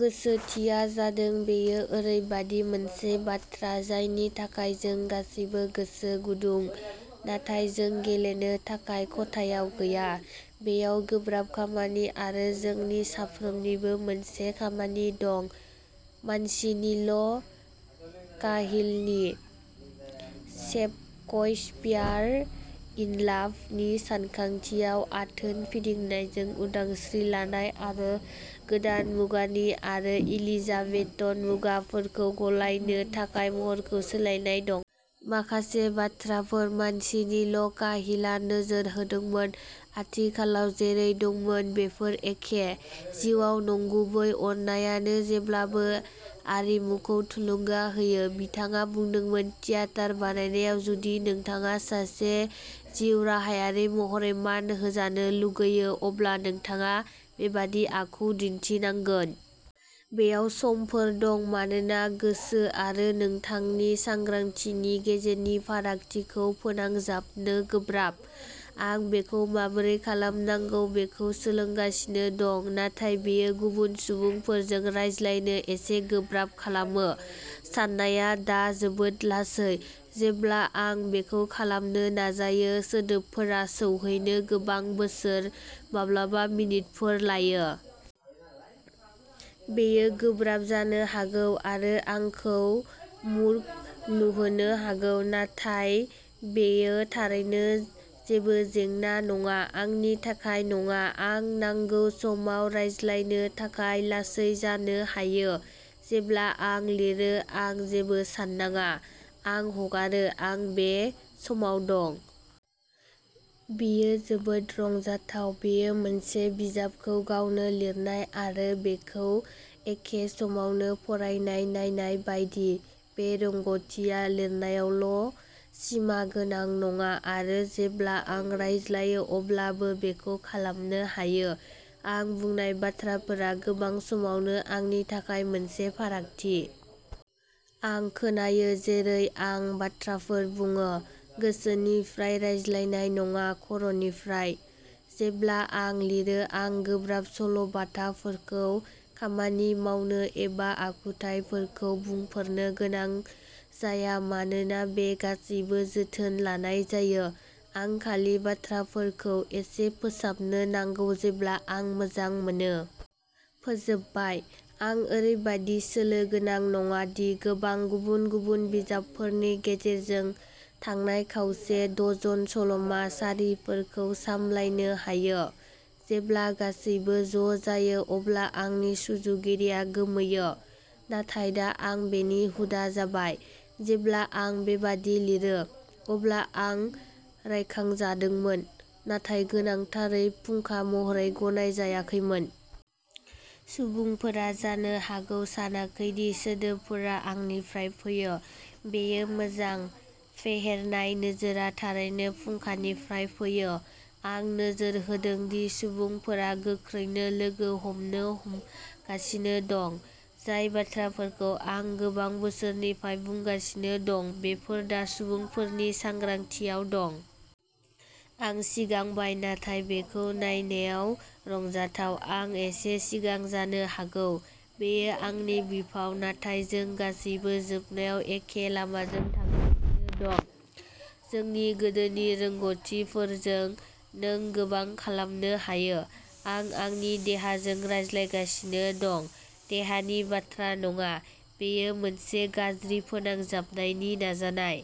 गोसोथिआ जादों बेयो ओरैबायदि मोनसे बाथ्रा जायनि थाखाय जों गासैबो गोसो गुदुं, नाथाय जों गेलेनो थाखाय खथायाव गैया। बेयो गोब्राब खामानि आरो जोंनि साफ्रोमनिबो मोनसे खामानि दं। 'मानसिनिल-काहिलनि" शेक्सपियार इन लाभ " नि सानखांथियाव आथोन फिदिंनायजों उदांस्रि लानाय आरो गोदान मुगानि आरो एलिजाबेथन मुगाफोरखौ गलायनो थाखाय महरखौ सोलायनाय दं। माखासे बाथ्राफोर, मानसिनेलि-काहिलआ नोजोर होदोंमोन, आथिखालाव जेरै दंमोन बेफोर एखे। जिउआव नंगुबै अननायानो जेब्लाबो आरिमुखौ थुलुंगा होयो। बिथाङा बुंदोंमोन थियाटार बानायनायाव जुदि नोंथाङा सासे जिउराहायारि महरै मान होजानो लुगैयो, अब्ला नोंथाङा बेबादि आखु दिन्थिनांगोन। बेयाव समफोर दं मानोना गोसो आरो नोंथांनि सांग्रांथिनि गेजेरनि फारागथिखौ फोनांजाबनो गोब्राब। आं बेखौ माबोरै खालामनांगौ बेखौ सोलोंगासिनो दं नाथाय बेयो गुबुन सुबुंफोरजों रायज्लायनो एसे गोब्राब खालामो। साननाया दा जोबोद लासै। जेब्ला आं बेखौ खालामनो नाजायो सोदोबफोरा सौहैनो गोबां बोसोर, माब्लाबा मिनिटफोर लायो। बेयो गोब्राब जानो हागौ आरो आंखौ मूर्ख नुहोनो हागौ नाथाय बेयो थारैनो जेबो जेंना नङा, आंनि थाखाय नङा। आं नांगौ समाव रायज्लायनो थाखाय लासै जानो हायो। जेब्ला आं लिरो आं जेबो साननाङा, आं हगारो आं बे समाव दं। बेयो जोबोद रंजाथाव, बेयो मोनसे बिजाबखौ गावनो लिरनाय आरो बेखौ एखे समावनो फरायनाय नायनाय बायदि। बे रोंग'थिआ लिरनायावल' सिमागोनां नङा आरो जेब्ला आं रायज्लायो अब्लाबो बेखौ खालामनो हायो। आं बुंनाय बाथ्राफोरा गोबां समावनो आंनि थाखाय मोनसे फारागथि। आं खोनायो जेरै आं बाथ्राफोर बुङो। गोसोनिफ्राय रायज्लायनाय नङा, खर'निफ्राय। जेब्ला आं लिरो आं गोब्राब सल'बाथाफोरखौ खामानि मावनो एबा आखुथाइफोरखौ बुंफोरनो गोनां जाया मानोना बे गासैबो जोथोन लानाय जायो। आं खालि बाथ्राफोरखौ एसे फोसाबनो नांगौ जेब्ला आं मोजां मोनो। फोजोबबाय। आं ओरैबायदि सोलो गोनां नङा दि गोबां गुबुन-गुबुन बिजाबफोरनि गेजेरजों थांनाय खावसे डजन सल'मा सारिफोरखौ सामलायनो हायो। जेब्ला गासैबो ज' जायो अब्ला आंनि सुजुगिरिया गोमोयो, नाथाय दा आं बेनि हुदा जाबाय। जेब्ला आं बेबादि लिरो, अब्ला आं रायखांजादोंमोन, नाथाय गोनांथारै फुंखा महरै गनायजायाखैमोन। सुबुंफोरा जानो हागौ सानाखै दि सोदोबफोरा आंनिफ्राय फैयो। बेयो मोजां, फेहेरनाय नोजोरआ थारैनो फुंखानिफ्राय फैयो। आं नोजोर होदों दि सुबुंफोरा गोख्रैनो लोगो हमनो हमगासिनो दं। जाय बाथ्राफोरखौ आं गोबां बोसोरनिफ्राय बुंगासिनो दं, बेफोर दा सुबुंफोरनि सांग्रांथियाव दं। आं सिगांबाय नाथाय बेखौ नायनायाव रंजाथाव। आं एसे सिगां जानो हागौ, बेयो आंनि बिफाव नाथाय जों गासैबो जोबनायाव एखे लामाजों थांगासिनो दं। जोंनि गोदान रोंग'थिफोरजों नों गोबां खालामनो हायो। आं आंनि देहाजों रायज्लायगासिनो दं। देहानि बाथ्रा नङा, बेयो मोनसे गाज्रि फोनांजाबनायनि नाजानाय।